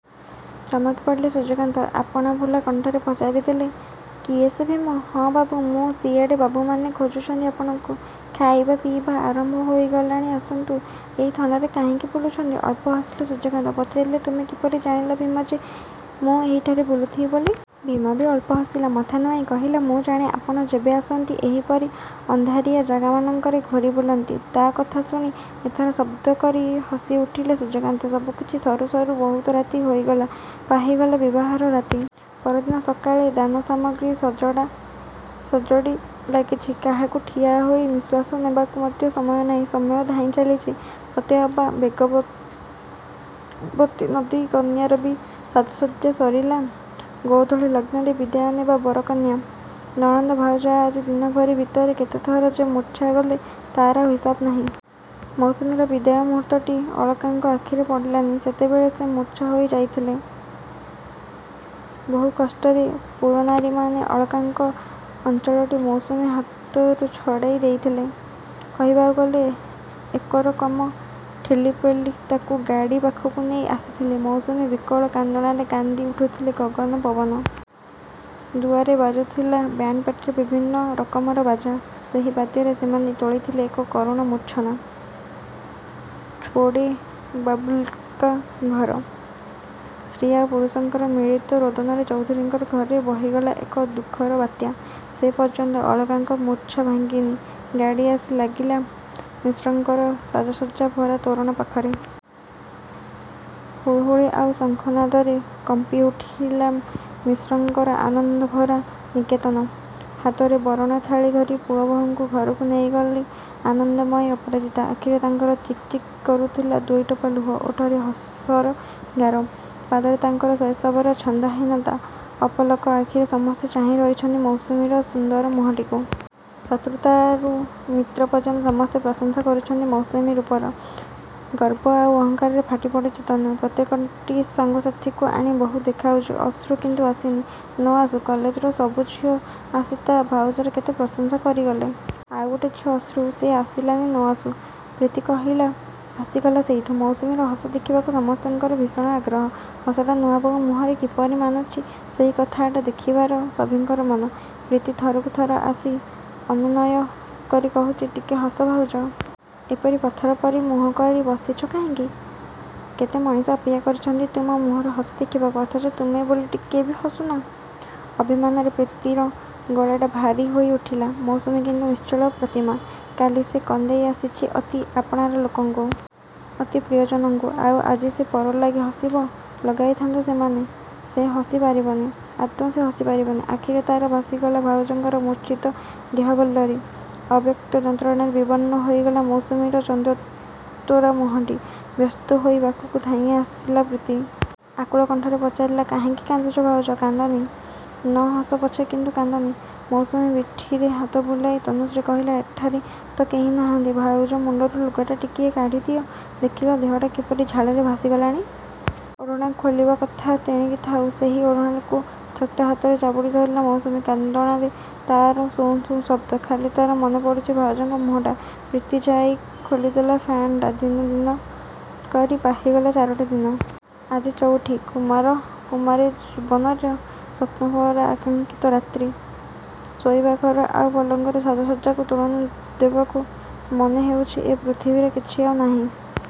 ଚମକି ପଡ଼ିଲେ ସୂର୍ଯ୍ୟକାନ୍ତ। ଆପଣା ଭୁଲା କଣ୍ଠରେ ପଚାରି ଦେଲେ କିଏ ସେ ଭୀମ? ହଁ ବାବୁ, ମୁଁ। ସିଆଡ଼େ ବାବୁମାନେ ଖୋଜୁଛନ୍ତି ଆପଣଙ୍କୁ। ଖାଇବା ପିଇବା ଆରମ୍ଭ ହୋଇଗଲାଣି ଆସନ୍ତୁ। ଏଇ ଥଣ୍ଡାରେ କାହିଁକି ବୁଲୁଛନ୍ତି? ଅଳ୍ପ ହସିଲେ ସୂର୍ଯ୍ୟକାନ୍ତ। ପଚାରିଲେ ତୁମେ କିପରି ଜାଣିଲ ଭୀମ ଯେ ମୁଁ ଆଜି ମୁଁ ଏହିଠାରେ ବୁଲୁଥିବି ବୋଲି? ଭୀମ ବି ଅଳ୍ପ ହସିଲା। ମଥା ନୁଆଁଇ କହିଲା ମୁଁ ଜାଣେ ଆପଣ ଯେବେ ଆସନ୍ତି, ଏହିପରି ଅନ୍ଧାରିଆ ଜାଗାମାନଙ୍କରେ ଘୂରି ବୁଲନ୍ତି। ତା' କଥା ଶୁଣି ଏଥର ଶବ୍ଦ କରି ହସି ଉଠିଲେ ସୂର୍ଯ୍ୟକାନ୍ତ। ସବୁକିଛି ସରୁ ସରୁ ବହୁତ ରାତି ହୋଇଗଲା। ପାହିଗଲା ବିବାହର ରାତି। ପରଦିନ ସକାଳେ ଦାନ ସାମଗ୍ରୀ ସଜଡ଼ା ସଜଡ଼ି ଲାଗିଛି। କାହାକୁ ଠିଆ ହୋଇ ନିଃଶ୍ୱାସ ନେବାକୁ ମଧ୍ୟ ସମୟ ନାହିଁ। ସମୟ ଧାଇଁ ଚାଲିଛି, ସତେଅବା ବେଗବତୀ ନଦୀ। କନ୍ୟାର ବି ସାଜସଜ୍ଜା ସରିଲା। ଗୋଧୂଳି ଲଗ୍ନରେ ବିଦାୟ ନେବେ ବର କନ୍ୟା। ନଣନ୍ଦ ଭାଉଜ ଆଜି ଦିନଭରି ଭିତରେ କେତେଥର ଯେ ମୂର୍ଚ୍ଛା ଗଲେ ତା'ର ଆଉ ହିସାବ ନାହିଁ। ମୌସୁମୀର ବିଦାୟ ମୁହୂର୍ତ୍ତଟି ଅଳକାଙ୍କ ଆଖିରେ ପଡ଼ିଲାନି। ସେତେବେଳେ ସେ ମୂର୍ଚ୍ଛା ଯାଇଥିଲେ। ବହୁ କଷ୍ଟରେ ପୁରନାରୀମାନେ ଅଳକାଙ୍କ ଅଞ୍ଚଳଟି ମୌସୁମୀ ହାତରୁ ଛଡ଼ାଇ ଦେଇଥିଲେ। କହିବାକୁ ଗଲେ ଏକରକମ ଠେଲିପେଲି ତାକୁ ଗାଡ଼ି ପାଖକୁ ନେଇ ଆସିଥିଲେ। ମୌସୁମୀ ବିକଳ କାନ୍ଦଣାରେ କାନ୍ଦି ଉଠୁଥିଲେ ଗଗନ ପବନ। ଦୁଆରେ ବାଜୁଥିଲା ବ୍ୟାଣ୍ଡପାର୍ଟିର ବିଭିନ୍ନ ରକମର ବାଜା। ସେହି ବାଦ୍ୟରେ ସେମାନେ ତୋଳିଥିଲେ ଏକ କରୁଣ ମୂର୍ଚ୍ଛନା। ଛୋଡ଼େ ବାବୁଲ୍କା ଘର। ସ୍ତ୍ରୀ ଆଉ ପୁରୁଷଙ୍କର ମିଳିତ ରୋଦନରେ ଚୌଧୁରୀଙ୍କ ଘରେ ବହିଗଲା ଏକ ଦୁଃଖର ବାତ୍ୟା। ସେପର୍ଯ୍ୟନ୍ତ ଅଳକାଙ୍କ ମୂର୍ଚ୍ଛା ଭାଙ୍ଗିନି। ଗାଡ଼ି ଆସି ଲାଗିଲା ମିଶ୍ରଙ୍କର ସାଜସଜ୍ଜା ଭରା ତୋରଣ ପାଖରେ। ହୁଳହୁଳି ଆଉ ଶଙ୍ଖ ନାଦରେ କମ୍ପି ଉଠିଲା ମିଶ୍ରଙ୍କର ଆନନ୍ଦଭରା ନିକେତନ। ହାତରେ ବରଣ ଥାଳି ଧରି ପୁଅ ବୋହୂଙ୍କୁ ଘରକୁ ନେଇଗଲେ ଆନନ୍ଦମୟୀ ଅପରାଜିତା। ଆଖିରେ ତାଙ୍କର ଚିକ୍‌ଚିକ୍ କରୁଥିଲା ଦୁଇଟୋପା ଲୁହ। ଓଠରେ ହସର ଗାର। ପାଦରେ ତାଙ୍କର ଶୈଶବର ଛନ୍ଦହୀନତା। ଅପଲକ ଆଖିରେ ସମସ୍ତେ ଚାହିଁ ରହିଛନ୍ତି ମୌସୁମୀର ସୁନ୍ଦର ମୁହଁଟିକୁ। ଶତ୍ରୁତାରୁ ମିତ୍ର ପର୍ଯ୍ୟନ୍ତ ସମସ୍ତେ ପ୍ରଶଂସା କରୁଛନ୍ତି ମସାଣୀ ରୂପର। ଗର୍ବ ଆଉ ଅହଙ୍କାରରେ ଫାଟି ପଡ଼ୁଛି ତନୁ। ପ୍ରତ୍ୟେକଟି ସାଙ୍ଗସାଥିକୁ ଆଣି ବୋହୂ ଦେଖାଉଛି। ଅଶ୍ରୁ କିନ୍ତୁ ଆସିନି। ନ ଆସୁ, କଲେଜର ସବୁ ଝିଅ ଆସି ତା' ଭାଉଜର କେତେ ପ୍ରଶଂସା କରିଗଲେ। ଆଉ ଗୋଟେ ଝିଅ ଅଶ୍ରୁ, ସେ ଆସିଲାନି ନ ଆସୁ। ପ୍ରୀତି କହିଲା ଭାସିଗଲା ସେଇଠୁ। ମୌସୁମୀର ହସ ଦେଖିବାକୁ ସମସ୍ତଙ୍କର ଭୀଷଣ ଆଗ୍ରହ। ହସଟା ନୂଆବୋଉ ମୁହଁରେ କିପରି ମାନୁଛି ସେଇ କଥାଟା ଦେଖିବାର ସଭିଙ୍କର ମନ। ପ୍ରୀତି ଥରକୁ ଥର ଆସି ଅନୁନୟ କରି କହୁଛି – ଟିକେ ହସ ଭାଉଜ। ଏପରି ପଥର ପରି ମୁହଁ କରି ବସିଛ କାହିଁକି? କେତେ ମଣିଷ ଅପେକ୍ଷା କରିଛନ୍ତି ତୁମ ମୁହଁର ହସ ଦେଖିବାକୁ, ଅଥଚ ତୁମେ ବୋଲି ଟିକେ ବି ହସୁନା। ଅଭିମାନରେ ପ୍ରୀତିର ଗଳାଟା ଭାରି ହୋଇ ଉଠିଲା। ମୌସୁମୀ କିନ୍ତୁ ନିଶ୍ଚଳ ପ୍ରତିମା। କାଲି ସେ କନ୍ଦାଇ ଆସିଛି ଅତି ଆପଣାର ଲୋକଙ୍କୁ। ଅତି ପ୍ରିୟଜନଙ୍କୁ। ଆଉ ଆଜି ସେ ପର ଲାଗି ହସିବ? ଲଗାଇଥାନ୍ତୁ ସେମାନେ, ସେ ହସି ପାରିବନି। ଆଦୌ ସେ ହସି ପାରିବନି। ଆଖିରେ ତା'ର ଭାସିଗଲା ଭାଉଜଙ୍କର ମୂର୍ଚ୍ଛିତ ଦେହବଲ୍ଲରୀ। ଅବ୍ୟକ୍ତ ଯନ୍ତ୍ରଣାରେ ବିବର୍ଣ୍ଣ ହୋଇଗଲା ମୌସୁମୀର ଚନ୍ଦ୍ରତୋରା ମୁହଁଟି। ବ୍ୟସ୍ତ ହୋଇ ରଥକୁ ଧାଇଁ ଆସିଲା ପ୍ରୀତି। ଆକୁଳ କଣ୍ଠରେ ପଚାରିଲା କାହିଁକି କାନ୍ଦୁଛ ଭାଉଜ? କାନ୍ଦନି। ନ ହସ ପଛେ କିନ୍ତୁ କାନ୍ଦନି। ମୌସୁମୀ ପିଠିରେ ହାତ ବୁଲାଇ ତନୁଶ୍ରୀ କହିଲା ଏଠାରେ ତ କେହି ନାହାନ୍ତି ଭାଉଜ ମୁଣ୍ଡରୁ ଲୁଗାଟା ଟିକିଏ କାଢ଼ି ଦିଅ। ଦେଖିଲ, ଦେହଟା କିପରି ଝାଳରେ ଭାସି ଗଲାଣି। ଓଢ଼ଣା ଖୋଲିବା କଥା ତେଣିକି ଥାଉ, ସେହି ଓଢ଼ଣାକୁ ଶକ୍ତ ହାତରେ ଜାବୁଡ଼ି ଧରିଲା ମୌସୁମୀ। କାନ୍ଦଣାରେ ତା'ର ସୁଁ ସୁଁ ଶବ୍ଦ। ଖାଲି ତା'ର ମନେ ପଡ଼ୁଛି ଭାଉଜଙ୍କ ମୁହଁଟା। ପ୍ରୀତି ଯାଇ ଖୋଲି ଦେଲା ଫ୍ୟାନ୍‌ଟା। ଦିନ ଦିନ କରି ପାହିଗଲା ଚାରୋଟି ଦିନ। ଆଜି ଚଉଠି। କୁମାର କୁମାରୀ ଜୀବନର ସ୍ୱପ୍ନଭରା ଆକାଙ୍କ୍ଷିତ ରାତ୍ରୀ। ଶୋଇବା ଘର ଆଉ ପଲଙ୍କର ସାଜସଜ୍ଜାକୁ ତୁଳନା ଦେବାକୁ ମନେ ହେଉଛି ଏ ପୃଥିବୀରେ କିଛି ଆଉ ନାହିଁ।